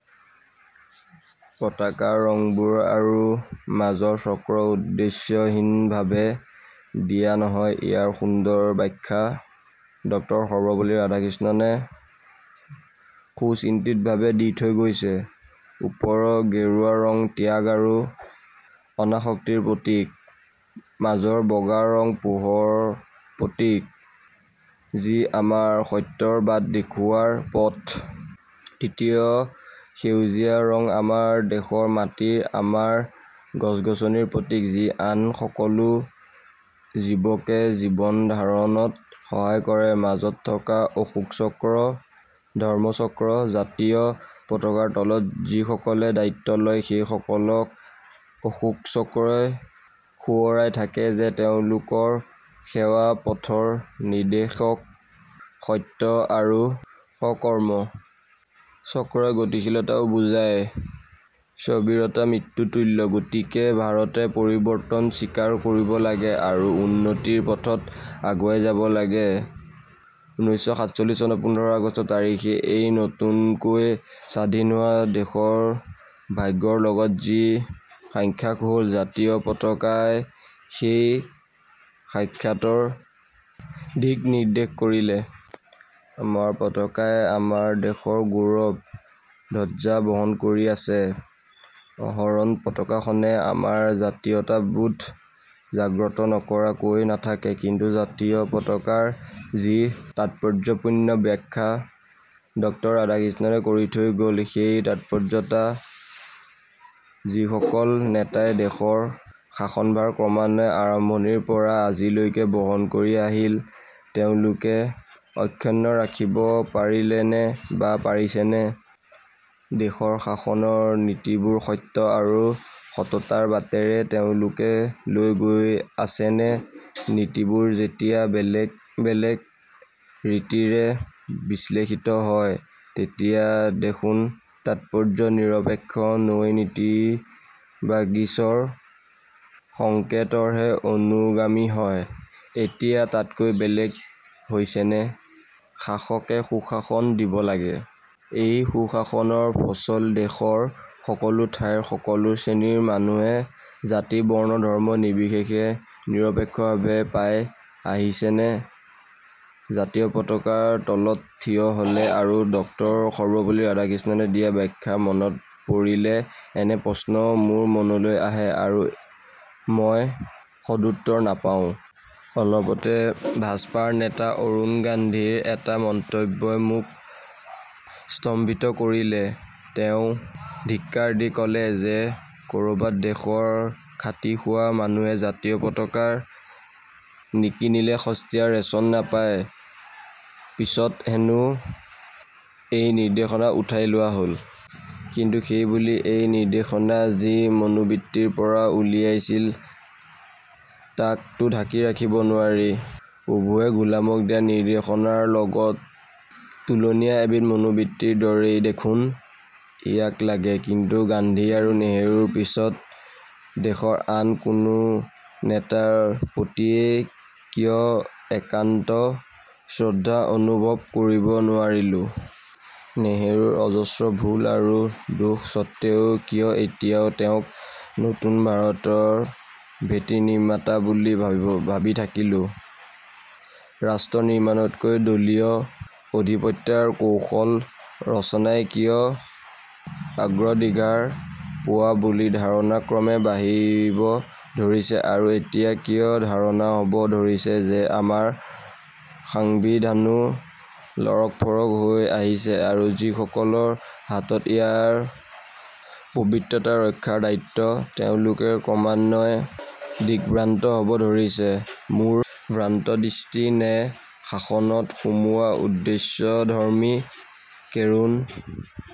পতাকাৰ ৰংবোৰ আৰু মাজৰ চক্ৰ উদ্দেশ্যহীনভাৱে দিয়া নহয়। ইয়াৰ সুন্দৰ ব্যাখ্যা ডক্তৰ সৰ্বপল্লী ৰাধাকৃষ্ণনে সুচিন্তিতভাৱে দি থৈ গৈছে। ওপৰৰ গেৰুৱা ৰং ত্যাগ আৰু অনাসক্তিৰ প্ৰতীক। মাজৰ বগা ৰং পোহৰৰ প্ৰতীক, যি আমাক সত্যৰ বাট দেখুওৱাৰ পথ। তৃতীয় সেউজীয়া ৰং আমাৰ দেশৰ মাটিৰ, আমাৰ গছগছনিৰ প্ৰতীক, যি আন সকলো জীৱকে জীৱন ধাৰণত সহায় কৰে। মাজত থকা অশোক চক্ৰ ধৰ্মচক্ৰ। জাতীয় পতাকাৰ তলত যিসকলে দায়িত্ব লয়, সেই সকলক অশোক চক্ৰই সোঁৱৰাই থাকে যে তেওঁলোকৰ সেৱাৰ পথৰ নিৰ্দেশক হল সত্য আৰু সৎ কৰ্ম। চক্ৰই গতিশীলতাও বুজায়, স্থৱিৰতা মৃত্যু তুল্য। গতিকে ভাৰতে পৰিৱৰ্তনক স্বীকাৰ কৰিব লাগে আৰু উন্নতিৰ পথত আগুৱাই যাব লাগে। উনৈশ শ সাতচল্লিছ চনৰ পোন্ধৰ আগষ্ট তাৰিখে এই নতুনকৈ স্বাধীন হোৱা দেশৰ ভাগ্যৰ লগত যি সাক্ষাৎ হল, জাতীয় পতাকাই সেই সাক্ষাতৰ দিক নিৰ্দেশ কৰিলে। আমাৰ পতাকাই আমাৰ দেশৰ গৌৰৱ ধ্বজা বহন কৰি আছে অহৰহ। পতাকাখনে আমাৰ জাতীয়তাবোধ জাগ্ৰত নকৰাকৈ নাথাকে। কিন্তু জাতীয় পতাকাৰ যি তাৎপৰ্যপূৰ্ণ ব্যাখ্যা ডক্তৰ ৰাধাকৃষ্ণনে কৰি থৈ গল, সেই তাৎপৰ্যৰ মৰ্যাদা যিসকল নেতাই দেশৰ শাসনভাৰ ক্ৰমান্বয়ে আৰম্ভণিৰ পৰা আজিলৈকে বহন কৰি আহিল, তেওঁলোকে অক্ষুণ্ণ ৰাখিব পাৰিলেনে বা পাৰিছেনে? দেশৰ শাসনৰ নীতিবোৰ সত্য আৰু সততাৰ বাটেৰে তেওঁলোকে লৈ গৈ আছেনে? নীতিবোৰ যেতিয়া বেলেগ বেলেগ ৰীতিৰে বিশ্লেষিত হয়, তেতিয়া দেখোন তাৎপৰ্য নিৰপেক্ষ নহৈ নীতিবাগীচৰ সংকেতৰহে অনুগামী হয়। এতিয়া তাতকৈ বেলেগ হৈছেনে? শাসকে সুশাসন দিব লাগে। এই সুশাসনৰ ফচল দেশৰ সকলো ঠাইৰ সকলো শ্ৰেণীৰ মানুহে জাতি, বৰ্ণ, ধৰ্ম নিৰ্বিশেষে নিৰপেক্ষভাৱে পাই আছেনে? জাতীয় পতাকাৰ তলত থিয় হলে আৰু ডক্তৰ সৰ্বপল্লী ৰাধাকৃষ্ণনে দিয়া ব্যাখ্যা মনত পৰিলে এনে প্ৰশ্ন মোৰ মনলৈ আহে আৰু মই সদুত্তৰ নাপাওঁ। অলপতে ভাজপাৰ নেতা বৰুণ গান্ধীৰ এটা মন্তব্যই মোক স্তম্ভিত কৰিলে। তেওঁ ধিক্কাৰ দি কলে যে, কৰবাত দেশৰ খাটি খোৱা মানুহে জাতীয় পতাকা নিকিনিলে সস্তীয়া ৰেশ্বন নাপায়। পিছত হেনো এই নিৰ্দেশনা উঠাই লোৱা হল। কিন্তু সেই বুলি এই নিৰ্দেশনা যি মনোবৃত্তিৰ পৰা ওলাইছিল, তাকতো ঢাকি ৰাখিব নোৱাৰি। প্ৰভুৱে গোলামক দিয়া নিৰ্দেশনাৰ লগত তুলনীয় এবিধ মনোবৃত্তিৰ দৰেই দেখোন ইয়াক লাগে। কিন্তু গান্ধী আৰু নেহৰুৰ পিছত দেশৰ আন কোনো নেতাৰ প্ৰতিয়েই কিয় একান্ত শ্ৰদ্ধা অনুভৱ কৰিব নোৱাৰিলোঁ? নেহৰুৰ অজস্ৰ ভুল আৰু দোষ স্বত্তেও কিয় এতিয়াও তেওঁক নতুন ভাৰতৰ ভেটি নিৰ্মাতা বুলি ভাবি থাকিলোঁ? ৰাষ্ট্ৰনিৰ্মাণতকৈ দলীয় আধিপত্যৰ কৌশল ৰচনাই কিয় অগ্ৰাধিকাৰ পোৱা বুলি ধাৰণা ক্ৰমে বাঢ়িব ধৰিছে আৰু এতিয়া কিয় ধাৰণা হব ধৰিছে যে আমাৰ সংবিধানো লৰক ফৰক হৈ আহিছে আৰু যিসকলৰ হাতত ইয়াৰ পৱিত্ৰতা ৰক্ষাৰ দায়িত্ব, তেওঁলোকো ক্ৰমাৎ দিকভ্ৰান্ত হব ধৰিছে? মোৰ ভ্ৰান্তদৃষ্টি নে শাসনত সোমোৱা উদ্দেশ্যধৰ্মী কেৰোণ?